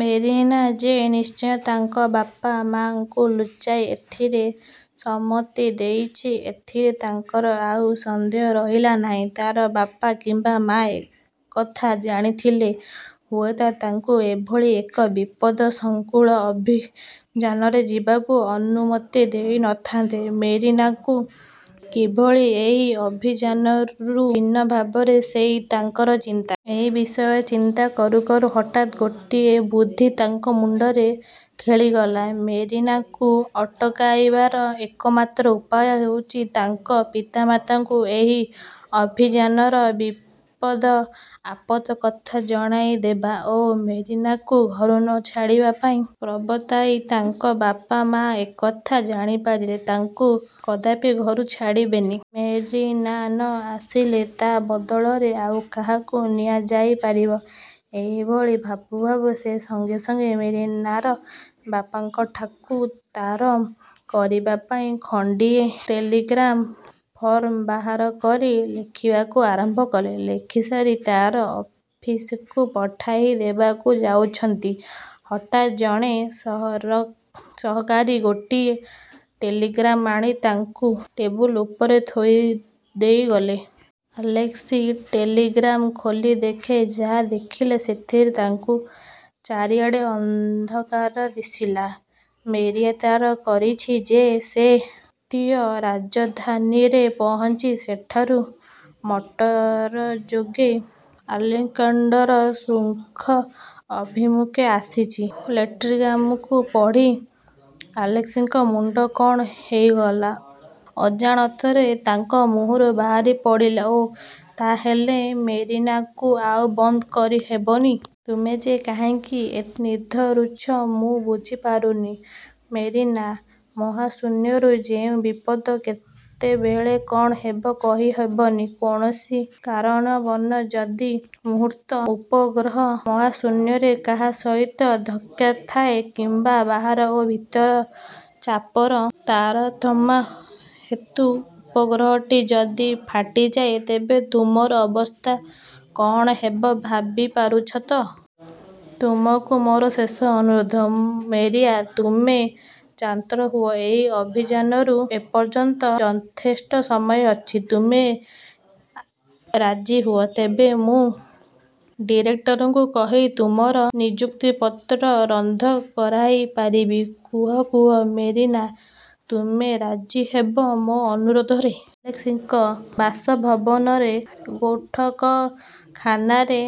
Marina ଯେ ନିଶ୍ଚୟ ତାଙ୍କ ବାପା-ମା'ଙ୍କୁ ଲୁଚାଇ ଏଥିରେ ସମ୍ମତି ଦେଇଛି, ଏଥିରେ ତାଙ୍କର ଆଉ। ସନ୍ଦେହ ରହିଲା ନାହିଁ। ତାର ବାପା କିମ୍ୱା ମା' ଏକଥା ଜାଣିଥିଲେ ହୁଏତ ତାକୁ ଏଭଳି ଏକ ବିପଦ ସଂକୁଳ ଅଭିଯାନରେ ଯିବାକୁ ଅନୁମତି ଦେଇ ନଥାନ୍ତେ। ମେରିନାକୁ କିଭଳି ଏହି ଅଭିଯାନରୁ ନିବର୍ତ୍ତାଇବେ, ସେଇ ତାଙ୍କର ଚିନ୍ତା। ଏ ବିଷୟରେ ଚିନ୍ତା କରୁ କରୁ ହଠାତ୍ ଗୋଟାଏ ବୁଦ୍ଧି ତାଙ୍କ ମୁଣ୍ଡରେ ଖେଳିଗଲା। ମେରିନାକୁ ଅଟକାଇବାର ଏକମାତ୍ର ଉପାୟ ହେଉଛି ତାଙ୍କ ପିତାମାତାଙ୍କୁ ଏହି ଅଭିଯାନର ବିପଦ-ଆପଦ କଥା ଜଣାଇଦେବା ଓ ମେରିନାକୁ ଘରୁ ନ ଛାଡ଼ିବା ପାଇଁ ପ୍ରବର୍ତ୍ତାଇବା। ତାଙ୍କ ବାପା ମା' ଏକଥା ଜାଣିପାରିଲେ ତାକୁ କଦାପି ଘରୁ ଛାଡ଼ିବେନି। ମେରିନା ନ ଆସିଲେ ତା ବଦଳରେ ଆଉ କାହାକୁ ନିଆଯାଇ ପାରିବ। ଏହିଭଳି ଭାବୁ ଭାବୁ ସେ ସଙ୍ଗେ ସଙ୍ଗେ ମେରିନାର ବାପାଙ୍କଠାକୁ ତାର କରିବା ପାଇଁ ଖଣ୍ଡିଏ ଟେଲିଗ୍ରାମ୍ ଫର୍ମ ବାହାରକରି ଲେଖିବାକୁ ଆରମ୍ଭ କଲେ। ଲେଖିସାରି ତାର ଅଫିସକୁ ପଠାଇଦେବାକୁ ଯାଉଛନ୍ତି, ହଠାତ୍ ଜଣେ ସହକାରୀ ଗୋଟିଏ ଟେଲିଗ୍ରାମ୍ ଆଣି ତାଙ୍କ ଟେବୁଲ ଉପରେ ଥୋଇଦେଇ ଗଲା। ଆଲେସ୍କି ଟେଲିଗ୍ରାମ୍କୁ ଖୋଲିଦେଇ ଯାହା ଦେଖିଲେ ସେଥିରେ ତାଙ୍କୁ ଚାରିଆଡ଼ ଅନ୍ଧକାର ଦିଶିଲା। ମେରିନା ତାର କରିଛି ଯେ, ସେ ପ୍ରାନ୍ତୀୟ ରାଜଧାନୀରେ ପହଞ୍ଚି ସେଠାରୁ ମଟରଯୋଗେ ଆଲେକ୍ଜାଣ୍ଡାର ଶୃଙ୍ଗ ଅଭିମୁଖେ ଆସୁଛି-। ଟେଲିଗ୍ରାମ୍ଟିକୁ ପଢ଼ି ଆଲେସ୍କିଙ୍କ ମୁଣ୍ଡ କ'ଣ ହୋଇଗଲା। ଅଜାଣତରେ ତାଙ୍କ ମୁହଁରୁ ବାହାରିପଡ଼ିଲା ''ଓଃ, ତା' ହେଲେ ମେରିନାକୁ ଆଉ ବନ୍ଦ କରି ହେବନି। '' ''ତୁମେ ଯେ କାହିଁକି ଏତେ ଜିଦ୍ଧରୁଛ, ମୁଁ ବୁଝିପାରୁନି ମେରିନା! ମହାଶୂନ୍ୟରେ ଯେଉଁ ବିପଦ, କେତେବେଳେ କ'ଣ ହେବ କହି ହେବନି। କୌଣସି କାରଣବଣତଃ ଯଦି କୃତ୍ରିମ ଉପଗ୍ରହ ମହାଶୂନ୍ୟରେ କାହା ସହିତ ଧକ୍କା ଖାଏ କିମ୍ୱା ବାହାର ଓ ଭିତର ଚାପର ତାରତମ୍ୟ ହେତୁ ଉପଗ୍ରହଟି ଯଦି ଫାଟିଯାଏ, ତେବେ ତୁମର ଅବସ୍ଥା କଅଣ ହେବ ଭାବିପାରୁଛ ତ? ତୁମକୁ ମୋର ଶେଷ ଅନୁରୋଧ ମେରିନା, ତୁମେ କ୍ଷାନ୍ତ ହୁଅ ଏହି ଅଭିଯାନରୁ। ଏପର୍ଯ୍ୟନ୍ତ ଯଥେଷ୍ଟ ସମୟ ଅଛି। ତୁମେ ରାଜି ହୁଅ, ତେବେ ମୁଁ ଡିରେକ୍ଟରଙ୍କୁ କହି ତୁମର ନିଯୁକ୍ତିପତ୍ର ରଦ୍ଦ କରାଇ ପାରିବି। କୁହ, କୁହ, ମେରିନା! ତୁମେ ରାଜି ହେବ ମୋ ଅନୁରୋଧରେ? '' ଆଲେସ୍କିଙ୍କ ବାସଭବନର ବୈଠକଖାନାରେ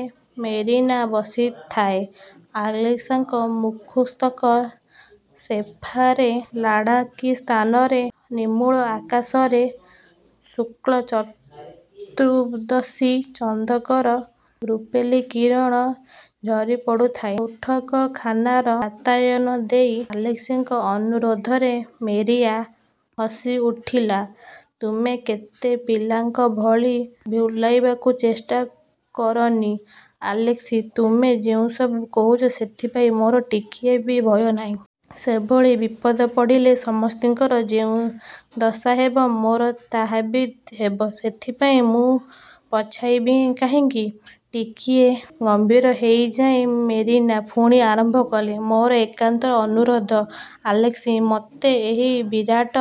ମେରିନା ବସିଥାଏ ଆଲେସ୍କିଙ୍କ ସମ୍ମୁଖସ୍ଥ ସୋଫାରେ। ଲାଢ଼ାକିସ୍ଥାନର ନିର୍ମ୍ମଳ ଆକାଶରେ ଶୁକ୍ଳ ଚତୁର୍ଦ୍ଦଶୀ ଚନ୍ଦ୍ରଙ୍କର ରୁପେଲି କିରଣ ଝରିପଡ଼ୁଥାଏ ବୈଠକଖାନାର ବାତାୟନ ଦେଇ। ଆଲେସ୍କିଙ୍କ ଅନୁରୋଧରେ ମେରିନା ହସିଉଠିଲା–''ତୁମେ ମୋତେ ପିଲାଙ୍କଭଳି ଭୁଲାଇବାକୁ ଚେଷ୍ଟା କରନି ଆଲେସ୍କି! ତୁମେ ଯେଉଁସବୁ କହୁଛ ସେଥିପାଇଁ ମୋର ଟିକିଏ ବି ଭୟ ନାହିଁ। ସେଭଳି ବିପଦ ପଡ଼ିଲେ, ସମସ୍ତଙ୍କର ଯେଉଁ ଦଶା ହେବ, ମୋର ତାହାହିଁ ହେବ ସେଥିପାଇଁ ମୁଁ ପଛାଇବି କାହିଁକି? '' ଟିକିଏ ଗମ୍ଭୀର ହୋଇଯାଇ ମେରିନା ପୁଣି ଆରମ୍ଭ କଲା, ''ମୋର ଏକାନ୍ତ ଅନୁରୋଧ ଆଲେସ୍କି, ମୋତେ ଏହି ବିରାଟ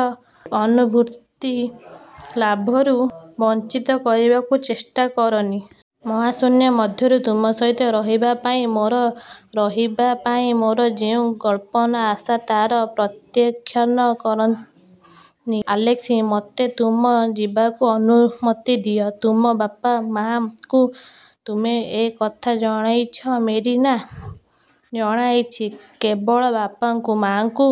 ଅନୁଭୂତିଲାଭରୁ ବଞ୍ଚିତ କରିବାକୁ ଚେଷ୍ଟା କରିନି। ମହାଶୂନ୍ୟ ମଧ୍ୟରେ ତୁମ ସହିତ ରହିବାପାଇଁ ମୋର ରହିବାପାଇଁ ମୋର ଯେଉଁ ପ୍ରବଳ ଆଶା, ତା'କୁ ପ୍ରତ୍ୟାଖ୍ୟାନ କରନି ଆଲେସ୍କି-! ମୋତେ ତୁମ ଯିବାକୁ ଅନୁମତି ଦିଅ। '' ''ତୁମ ବାପା ମା'ଙ୍କୁ ତୁମେ ଏ କଥା ଜଣାଇଛ ମେରିନା? '' ''ଜଣାଇଛି, କେବଳ ବାପାଙ୍କୁ, ମା'କୁ